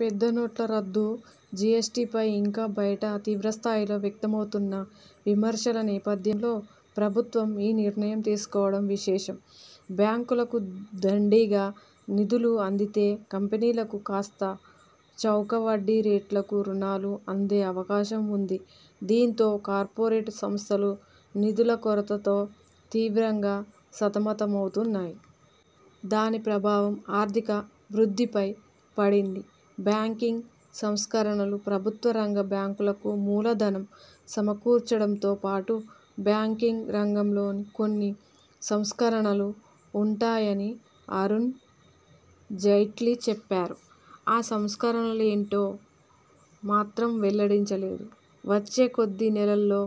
పెద్ద నోట్ల రద్దు, జిఎస్టిపై ఇంకా బయట తీవ్రస్థాయిలో వ్యక్తమవుతున్న విమర్శల నేపథ్యంలో ప్రభుత్వం ఈ నిర్ణయం తీసుకోవడం విశేషం. బ్యాంకులకు దండిగా నిధులు అందితే కంపెనీలకు కాస్తా చౌక వడ్డీ రేట్లకు రుణాలు అందే అవకాశం ఉంది. దీంతో కార్పొరేట్ సంస్థలు నిధుల కొరతతో తీవ్రంగా సతమతమవుతున్నాయి. దాని ప్రభావం ఆర్థిక వృద్ధిపై పడింది. బ్యాంకింగ్ సంస్కరణలు ప్రభుత్వ రంగ బ్యాంకులకు మూల ధనం సమకూర్చడంతో పాటు బ్యాంకింగ్ రంగంలో కొన్ని సంస్కరణలూ ఉంటాయని అరుణ్ జైట్లీ చెప్పారు. ఆ సంస్కరణలేంటో మాత్రం వెల్లడించలేదు. వచ్చే కొద్ది నెలల్లో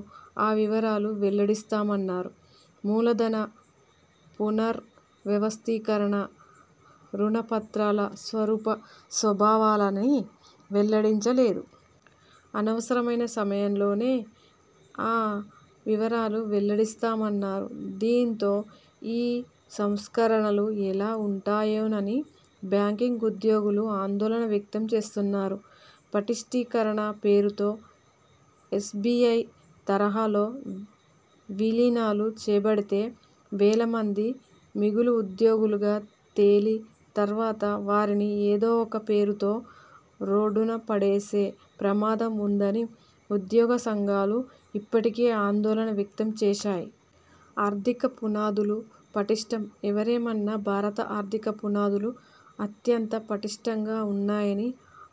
ఆ వివరాలు వెల్లడిస్తామన్నారు. మూలధన పునర్ వ్యవస్థీకరణ రుణ పత్రాల స్వరూప స్వభావాలనీ వెల్లడించలేదు. అవసరమైన సమయంలోనే ఆ వివరాలు వెల్లడిస్తామన్నారు. దీంతో ఈ సంస్కరణలు ఎలా ఉంటాయోనని బ్యాంకింగ్ ఉద్యోగులు ఆందోళన వ్యక్తం చేస్తున్నారు. పటిష్టీకరణ పేరుతో ఎస్బిఐ తరహాలో విలీనాలు చేపడితే వేల మంది మిగులు ఉద్యోగులుగా తేలి తర్వాత వారిని ఏదో ఒక పేరుతో రోడ్డున పడేసే ప్రమాదం ఉందని ఉద్యోగ సంఘాలు ఇప్పటికే ఆందోళన వ్యక్తం చేశాయి. ఆర్థికపునాదులు పటిష్టం ఎవరేమన్నా భారత ఆర్థిక పునాదులు అత్యంత పటిష్టంగా ఉన్నాయని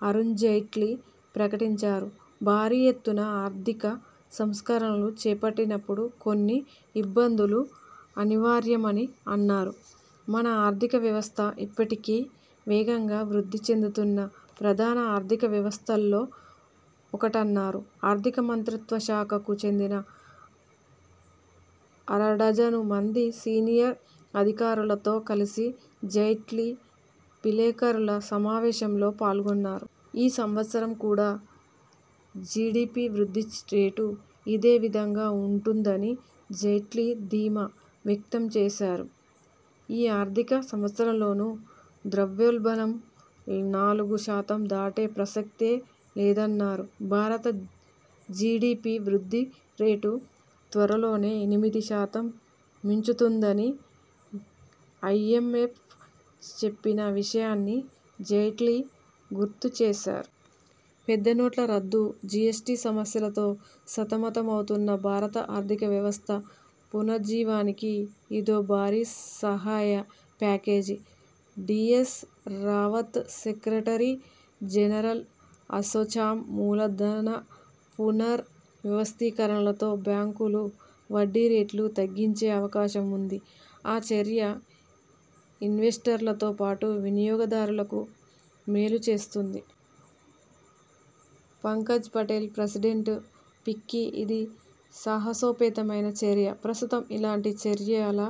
అరుణ్ జైట్లీ ప్రకటించారు. భారీ ఎత్తున ఆర్థిక సంస్కరణలు చేపట్టినప్పుడు కొన్ని ఇబ్బందులు అనివార్యమని అన్నారు. మన ఆర్థిక వ్యవస్థ ఇప్పటికీ వేగంగా వృద్ధి చెందుతున్న ప్రధాన ఆర్థిక వ్యవస్థల్లో ఒకటన్నారు. ఆర్థిక మంత్రిత్వ శాఖకు చెందిన అరడజను మంది సీనియర్ అధికారులతో కలిసి జైట్లీ విలేకరుల సమావేశంలో పాల్గొన్నారు. ఈ సంవత్సరం కూడా జిడిపి వృద్ధి రేటు ఇదే విధంగా ఉంటుందని జైట్లీ ధీమా వ్యక్తం చేశారు. ఈ ఆర్థిక సంవత్సరంలోనూ ద్రవ్యోల్బణం నాలుగు శాతం దాటే ప్రసక్తే లేదన్నారు. భారత జిడిపి వృద్ధి రేటు త్వరలోనే ఎనిమిది శాతం మించుతుందని ఐఎంఎఫ్ చెప్పిన విషయాన్ని జైట్లీ గుర్తు చేశారు. పెద్ద నోట్ల రద్దు, జిఎస్టి సమస్యలతో సతమతమవుతున్న భారత ఆర్థిక వ్యవస్థ పునరుజ్జీవానికి ఇదో భారీ సహాయ package. D S Rawat, secretary general, ASSOCHAM మూల ధన పునర్ వ్యవస్థీకరణలతో బ్యాంకులు వడ్డీ రేట్లు తగ్గించే అవకాశం ఉంది. ఆ చర్య ఇన్వెస్టర్లతో పాటు వినియోగదారులకూ మేలు చేస్తుంది. పంకజ్ పటేల్, ప్రెసిడెంట్, ఫిక్కీ ఇది సాహసోపేతమైన చర్య. ప్రస్తుతం ఇలాంటి చర్యల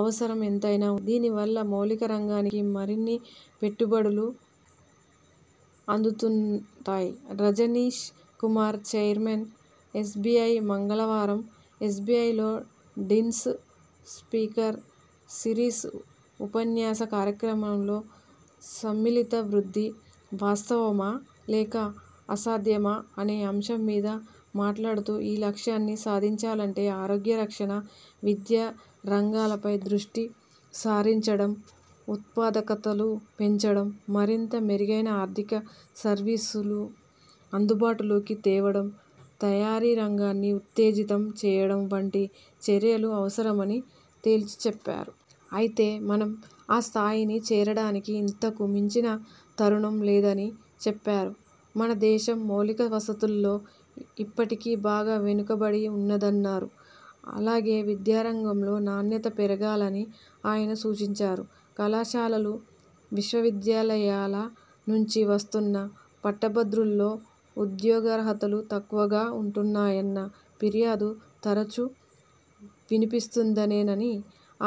అవసరం ఎంతైనా ఉంది. దీనివల్ల మౌలిక రంగానికి మరిన్ని పెట్టుబడులు అందుతాయి. రజనీష్ కుమార్, చైర్మన్, ఎస్బిఐ మంగళవారం ఎస్బిఐలో డీన్స్ స్పీకర్ సీరిస్ ఉపన్యాస కార్యక్రమంలో ''సమ్మిళిత వృద్ధి, వాస్తవమా లేక అసాధ్యమా'' అనే అంశం మీద మాట్లాడుతూ ఈ లక్ష్యాన్ని సాధించాలంటే ఆరోగ్య రక్షణ, విద్యా రంగాలపై దృష్టి సారించడం, ఉత్పాదకతలు పెంచడం, మరింత మెరుగైన ఆర్థిక సర్వీసులు అందుబాటులోకి తేవడం, తయారీ రంగాన్ని ఉత్తేజితం చేయడం వంటి చర్యలు అవసరమని తేల్చి చెప్పారు. అయితే మనం ఆ స్థాయిని చేరడానికి ఇంతకు మించిన తరుణం లేదని చెప్పారు. మన దేశం మౌలిక వసతుల్లో ఇప్పటికీ బాగా వెనుకబడి ఉన్నదన్నారు. అలాగే విద్యారంగంలో నాణ్యత పెరగాలని ఆయన సూచించారు. కళాశాలలు, విశ్వవిద్యాలయాల నుం చి వస్తున్న పట్టభద్రుల్లో ఉద్యోగార్హతలు తక్కువగా ఉంటున్నాయన్న ఫిర్యాదు తరచు వినిపిస్తుదనేనని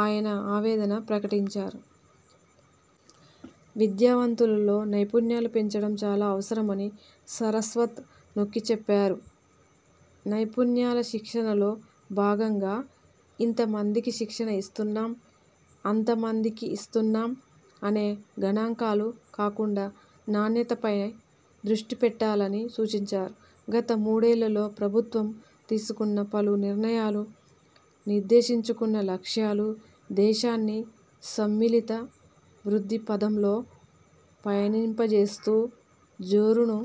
ఆయన ఆవేదన ప్రకటించారు. విద్యావంతుల్లో నైపుణ్యాలు పెంచడం చాలా అవసరమని సరస్వత్ నొక్కిచెప్పారు. నైపుణ్యాల శిక్షణలో భాగంగా ఇంతమందికి శిక్షణ ఇస్తున్నాం, అంతమందికి ఇస్తున్నాం అనే గణాంకాలు కాకుండా నాణ్యతపై దృష్టి పెట్టాలని సూచించారు. గత మూడేళ్లలో ప్రభుత్వం తీసుకున్న పలు నిర్ణయాలు, నిర్దేశించుకున్న లక్ష్యాలు దేశాన్ని సమ్మిళిత వృద్ధి పథంలో పయనింపచేస్తూ జోరును